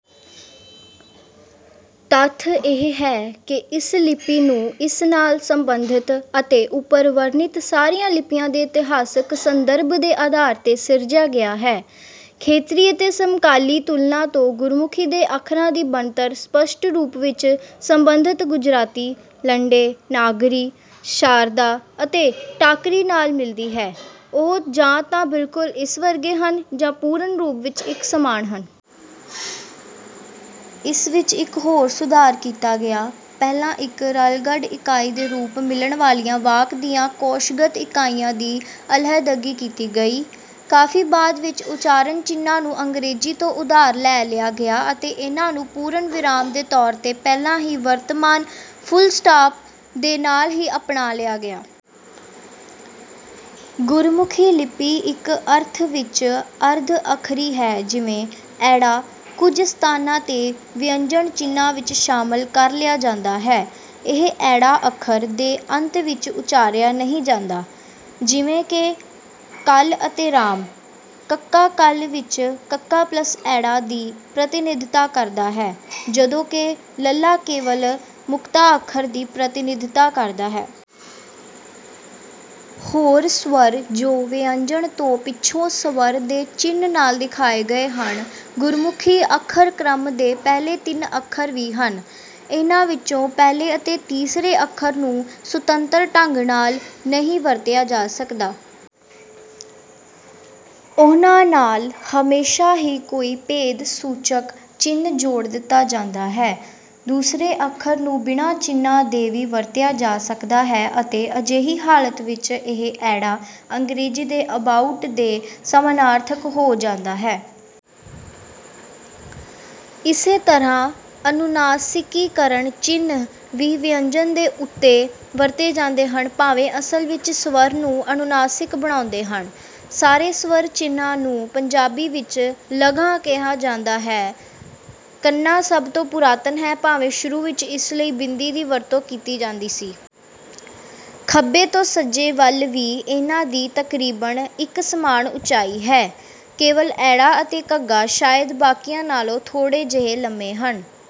ਤੱਥ ਇਹ ਹੈ ਕਿ ਇਸ ਲਿਪੀ ਨੂੰ ਇਸ ਨਾਲ ਸੰਬੰਧਿਤ ਅਤੇ ਉੱਪਰ ਵਰਣਿਤ ਸਾਰੀਆਂ ਲਿਪੀਆਂ ਦੇ ਇਤਿਹਾਸਿਕ ਸੰਦਰਭ ਦੇ ਆਧਾਰ ਤੇ ਸਿਰਜਿਆ ਗਿਆ ਹੈ। ਖੇਤਰੀ ਅਤੇ ਸਮਕਾਲੀ ਤੁਲਨਾ ਤੋਂ ਗੁਰਮੁਖੀ ਦੇ ਅੱਖਰਾਂ ਦੀ ਬਣਤਰ ਸਪਸ਼ਟ ਰੂਪ ਵਿਚ ਸੰਬੰਧਿਤ ਗੁਜਰਾਤੀ, ਲੰਡੇ, ਨਾਗਰੀ, ਸ਼ਾਰਦਾ ਅਤੇ ਟਾਕਰੀ ਨਾਲ ਮਿਲਦੀ ਹੈ: ਉਹ ਜਾਂ ਤਾਂ ਬਿਲਕੁਲ ਇਸ ਵਰਗੇ ਹਨ ਜਾਂ ਪੂਰਨ ਰੂਪ ਵਿਚ ਇਕ ਸਮਾਨ ਹਨ। ਇਸ ਵਿਚ ਇਕ ਹੋਰ ਸੁਧਾਰ ਕੀਤਾ ਗਿਆ; ਪਹਿਲਾਂ ਇਕ ਰਲਗੱਡ ਇਕਾਈ ਦੇ ਰੂਪ ਮਿਲਣ ਵਾਲੀਆਂ ਵਾਕ ਦੀਆਂ ਕੋਸ਼ਗਤ ਇਕਾਈਆਂ ਦੀ ਅਲਿਹਦਗੀ ਕੀਤੀ ਗਈ। ਕਾਫ਼ੀ ਬਾਅਦ ਵਿਚ ਉਚਾਰਨ ਚਿੰਨ੍ਹਾਂ ਨੂੰ ਅੰਗਰੇਜ਼ੀ ਤੋਂ ਉਧਾਰ ਲੈ ਲਿਆ ਗਿਆ ਅਤੇ ਇਹਨਾਂ ਨੂੰ ਪੂਰਨ ਵਿਰਾਮ ਦੇ ਤੌਰ ਤੇ ਪਹਿਲਾਂ ਹੀ ਵਰਤਮਾਨ ਫ਼ੁਲ ਸਟਾਪ ਦੇ ਨਾਲ ਹੀ ਅਪਣਾ ਲਿਆ ਗਿਆ। ਗੁਰਮੁਖੀ ਲਿਪੀ ਇਕ ਅਰਥ ਵਿਚ ਅਰਧ-ਅੱਖਰੀ ਹੈ ਜਿਵੇਂ 'ਅ' ਕੁਝ ਸਥਾਨਾਂ ਤੇ ਵਿਅੰਜਨ ਚਿੰਨ੍ਹਾਂ ਵਿਚ ਸ਼ਾਮਲ ਕਰ ਲਿਆ ਜਾਂਦਾ ਹੈ। ਇਹ 'ਅ' ਅੱਖਰ ਦੇ ਅੰਤ ਵਿਚ ਉਚਾਰਿਆ ਨਹੀਂ ਜਾਂਦਾ। ਜਿਵੇਂ ਕਿ ਕਲ ਅਤੇ ਰਾਮ; ਕ ਕਲ ਵਿਚ ਕ+ਅ ਦੀ ਪ੍ਰਤਿਨਿਧਤਾ ਕਰਦਾ ਹੈ, ਜਦੋਂ ਕਿ ਲ ਕੇਵਲ ਮੁਕਤਾ ਅੱਖਰ ਦੀ ਪ੍ਰਤਿਨਿਧਤਾ ਕਰਦਾ ਹੈ। ਹੋਰ ਸਵਰ ਜੋ ਵਿਅੰਜਨ ਤੋਂ ਪਿੱਛੋਂ ਸਵਰ ਦੇ ਚਿੰਨ੍ਹ ਨਾਲ ਦਿਖਾਏ ਗਏ ਹਨ ਗੁਰਮੁਖੀ ਅੱਖਰਕ੍ਰਮ ਦੇ ਪਹਿਲੇ ਤਿੰਨ ਅੱਖਰ ਵੀ ਹਨ। ਇਹਨਾਂ ਵਿਚੋਂ ਪਹਿਲੇ ਅਤੇ ਤੀਸਰੇ ਅੱਖਰ ਨੂੰ ਸੁਤੰਤਰ ਢੰਗ ਨਾਲ ਨਹੀਂ ਵਰਤਿਆ ਜਾ ਸਕਦਾ। ਉਹਨਾਂ ਨਾਲ ਹਮੇਸ਼ਾਂ ਹੀ ਕੋਈ ਭੇਦ ਸੂਚਕ ਚਿੰਨ੍ਹ ਜੋੜ ਦਿੱਤਾ ਜਾਂਦਾ ਹੈ। ਦੂਸਰੇ ਅੱਖਰ ਨੂੰ ਬਿਨਾਂ ਚਿੰਨ੍ਹਾਂ ਦੇ ਵੀ ਵਰਤਿਆ ਜਾ ਸਕਦਾ ਹੈ ਅਤੇ ਅਜਿਹੀ ਹਾਲਤ ਵਿਚ ਇਹ 'ਅ' ਅੰਗਰੇਜ਼ੀ ਦੇ ਅਬਾਉਟ ਦੇ ਸਮਾਨਾਰਥਕ ਹੋ ਜਾਂਦਾ ਹੈ। ਇਸੇ ਤਰ੍ਹਾਂ ਅਨੁਨਾਸਿਕੀਕਰਨ ਚਿੰਨ੍ਹ ਵੀ ਵਿਅੰਜਨ ਦੇ ਉੱਤੇ ਵਰਤੇ ਜਾਂਦੇ ਹਨ ਭਾਵੇਂ ਅਸਲ ਵਿਚ ਸਵਰ ਨੂੰ ਅਨੁਨਾਸਿਕ ਬਣਾਉਂਦੇ ਹਨ। ਸਾਰੇ ਸਵਰ-ਚਿੰਨ੍ਹਾਂ ਨੂੰ ਪੰਜਾਬੀ ਵਿਚ 'ਲਗਾਂ ' ਕਿਹਾ ਜਾਂਦਾ ਹੈ। 'ਾ' ਸਭ ਤੋਂ ਪੁਰਾਤਨ ਹੈ ਭਾਵੇਂ ਸ਼ੁਰੂ ਵਿਚ ਇਸ ਲਈ ਬਿੰਦੀ ਦੀ ਵਰਤੋਂ ਕੀਤੀ ਜਾਂਦੀ ਸੀ। ਖੱਬੇ ਤੋਂ ਸੱਜੇ ਵੱਲ ਵੀ ਇਹਨਾਂ ਦੀ ਤਕਰੀਬਨ ਇਕਸਮਾਨ ਉਚਾਈ ਹੈ, ਕੇਵਲ ਅ ਅਤੇ ਘ ਸ਼ਾਇਦ ਬਾਕੀਆਂ ਨਾਲੋਂ ਥੋੜ੍ਹੇ ਜਿਹੇ ਲੰਮੇ ਹਨ।